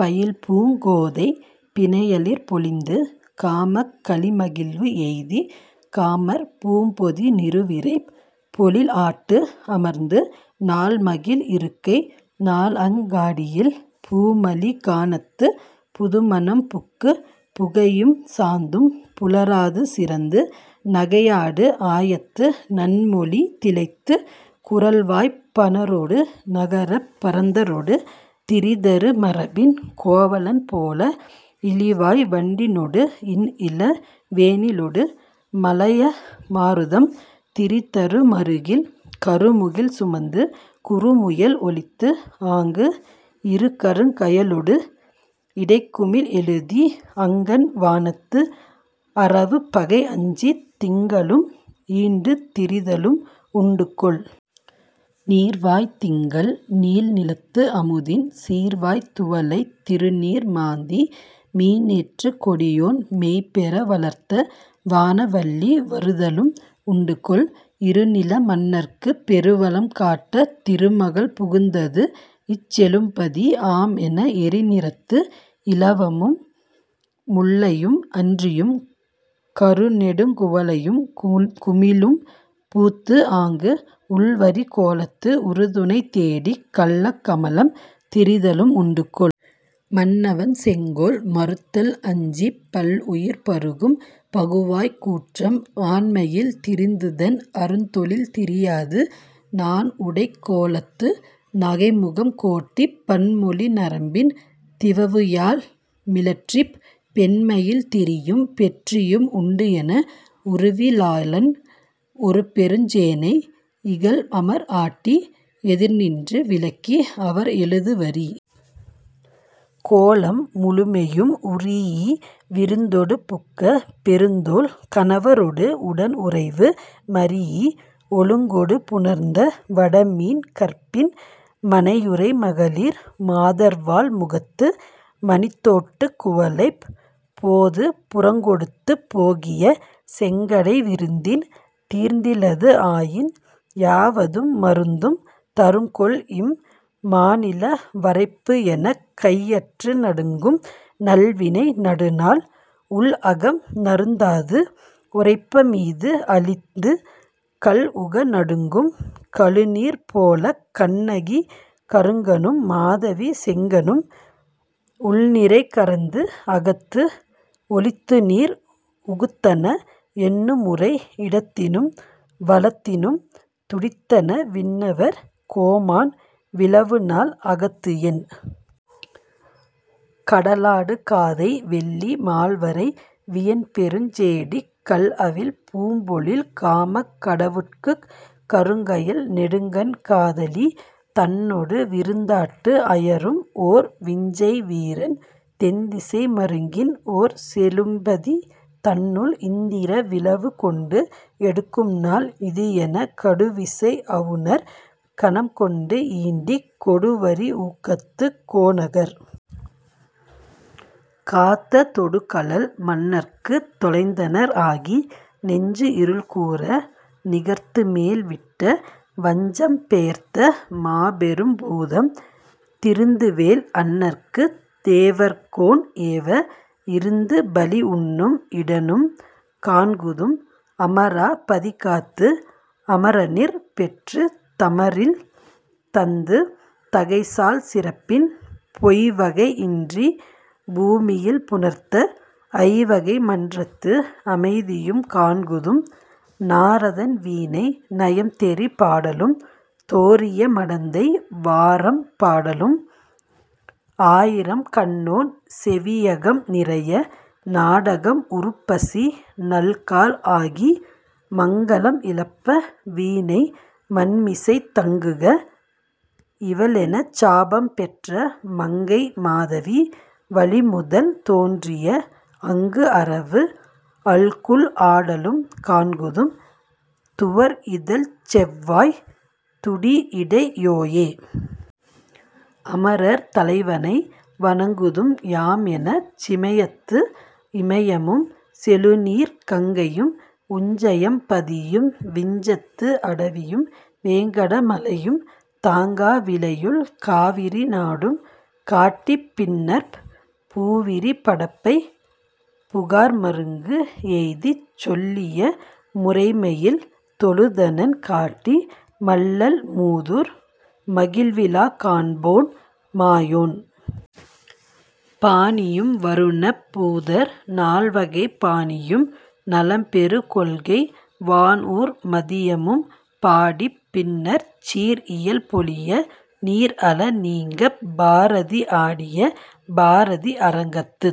பயில்பூங் கோதைப் பிணையலிற் பொலிந்து காமக் களிமகிழ்வு எய்திக் காமர் பூம்பொதி நறுவிரைப் பொழில்ஆட்டு அமர்ந்து நாள்மகிழ் இருக்கை நாள்அங் காடியில் பூமலி கானத்துப் புதுமணம் புக்குப் புகையும் சாந்தும் புலராது சிறந்து நகையாடு ஆயத்து நன்மொழி திளைத்துக் குரல்வாய்ப் பாணரொடு நகரப் பரத்தரொடு திரிதரு மரபின் கோவலன் போல இளிவாய் வண்டினொடு இன்இள வேனிலொடு மலய மாருதம் திரிதரு மறுகில், கருமுகில் சுமந்து குறுமுயல் ஒழித்துஆங்கு இருகருங் கயலொடு இடைக்குமிழ் எழுதி அங்கண் வானத்து அரவுப்பகை அஞ்சித் திங்களும் ஈண்டுத் திரிதலும் உண்டுகொல். நீர்வாய் திங்கள் நீள்நிலத்து அமுதின் சீர்வாய் துவலைத் திருநீர் மாந்தி மீன்ஏற்றுக் கொடியோன் மெய்பெற வளர்த்த வான வல்லி வருதலும் உண்டுகொல். இருநில மன்னற்குப் பெருவளம் காட்டத் திருமகள் புகுந்ததுஇச் செழும்பதி ஆம்என எரிநிறத்து இலவமும் முல்லையும் அன்றியும் கருநெடுங் குவளையும் குமிழும் பூத்துஆங்கு உள்வரி கோலத்து உறுதுணை தேடிக் கள்ளக் கமலம் திரிதலும் உண்டுகொல். மன்னவன் செங்கோல் மறுத்தல் அஞ்சிப் பல்உயிர் பருகும் பகுவாய்க் கூற்றம் ஆண்மையில் திரிந்துதன் அருந்தொழில் திரியாது நாண்உடைக் கோலத்து நகைமுகம் கோட்டிப் பண்மொழி நரம்பின் திவவுயாழ் மிழற்றிப் பெண்மையில் திரியும் பெற்றியும் உண்டுஎன, உருவி லாளன் ஒருபெருஞ் சேனை இகல்அமர் ஆட்டி எதிர்நின்று விலக்கிஅவர் எழுதுவரி கோலம் முழுமெயும் உறீஇ விருந்தொடு புக்க பெருந்தோள் கணவரொடு உடன்உறைவு மரீஇ ஒழுக்கொடு புணர்ந்த வடமீன் கற்பின் மனையுறை மகளிர் மாதர்வாள் முகத்து மணித்தோட்டுக் குவளைப் போது புறங்கொடுத்துப் போகிய செங்கடை விருந்தின் தீர்ந்திலது ஆயின் யாவதும் மருந்தும் தரும்கொல்இம் மாநில வரைப்புஎனக் கையற்று நடுங்கும் நல்வினை நடுநாள்: உள்அகம் நறுந்தாது உறைப்பமீது அழிந்து கள்உக நடுங்கும் கழுநீர் போலக் கண்ணகி கருங்கணும் மாதவி செங்கணும் உள்நிறை கரந்துஅகத்து ஒளித்துநீர் உகுத்தன எண்ணுமுறை இடத்தினும் வலத்தினும் துடித்தன விண்ணவர் கோமான் விழவுநாள் அகத்துஎன்.. கடலாடு காதை வெள்ளி மால்வரை வியன்பெருஞ் சேடிக் கள்அவிழ் பூம்பொழில் காமக் கடவுட்குக் கருங்கயல் நெடுங்கண் காதலி தன்னொடு விருந்தாட்டு அயரும்ஓர் விஞ்சை வீரன் தென்திசை மருங்கின்ஓர் செழும்பதி தன்னுள் இந்திர விழவுகொண்டு எடுக்கும்நாள் இதுஎனக் கடுவிசை அவுணர் கணம்கொண்டு ஈண்டிக் கொடுவரி ஊக்கத்துக் கோநகர் காத்த தொடுகழல் மன்னற்குத் தொலைந்தனர் ஆகி நெஞ்சுஇருள் கூர நிகர்த்துமேல் விட்ட வஞ்சம் பெயர்த்த மாபெரும் பூதம் திருந்துவேல் அண்ணற்குத் தேவர்கோன் ஏவ இருந்துபலி உண்ணும் இடனும் காண்குதும், அமரா பதிகாத்து அமரனிற் பெற்றுத் தமரில் தந்து தகைசால் சிறப்பின் பொய்வகை இன்றிப் பூமியில் புணர்த்த ஐவகை மன்றத்து அமைதியும் காண்குதும், நாரதன் வீணை நயம்தெரி பாடலும் தோரிய மடந்தை வாரம் பாடலும் ஆயிரம் கண்ணோன் செவியகம் நிறைய நாடகம் உருப்பசி நல்காள் ஆகி மங்கலம் இழப்ப வீணை மண்மிசைத் தங்குக இவள்எனச் சாபம் பெற்ற மங்கை மாதவி வழிமுதல் தோன்றிய அங்குஅரவு அல்குல் ஆடலும் காண்குதும், துவர்இதழ்ச் செவ்வாய்த் துடிஇடை யோயே. அமரர் தலைவனை வணங்குதும் யாம்எனச் சிமையத்து இமையமும் செழுநீர்க் கங்கையும் உஞ்சையம் பதியும் விஞ்சத்து அடவியும் வேங்கட மலையும் தாங்கா விளையுள் காவிரி நாடும் காட்டிப் பின்னர்ப் பூவிரி படப்பைப் புகார்மருங்கு எய்திச் சொல்லிய முறைமையில் தொழுதனன் காட்டி மல்லல் மூதூர் மகிழ்விழாக் காண்போன் மாயோன் பாணியும் வருணப் பூதர் நால்வகைப் பாணியும் நலம்பெறு கொள்கை வான்ஊர் மதியமும் பாடிப் பின்னர்ச் சீர்இயல் பொலிய நீர்அல நீங்கப் பாரதி ஆடிய பாரதி அரங்கத்துத்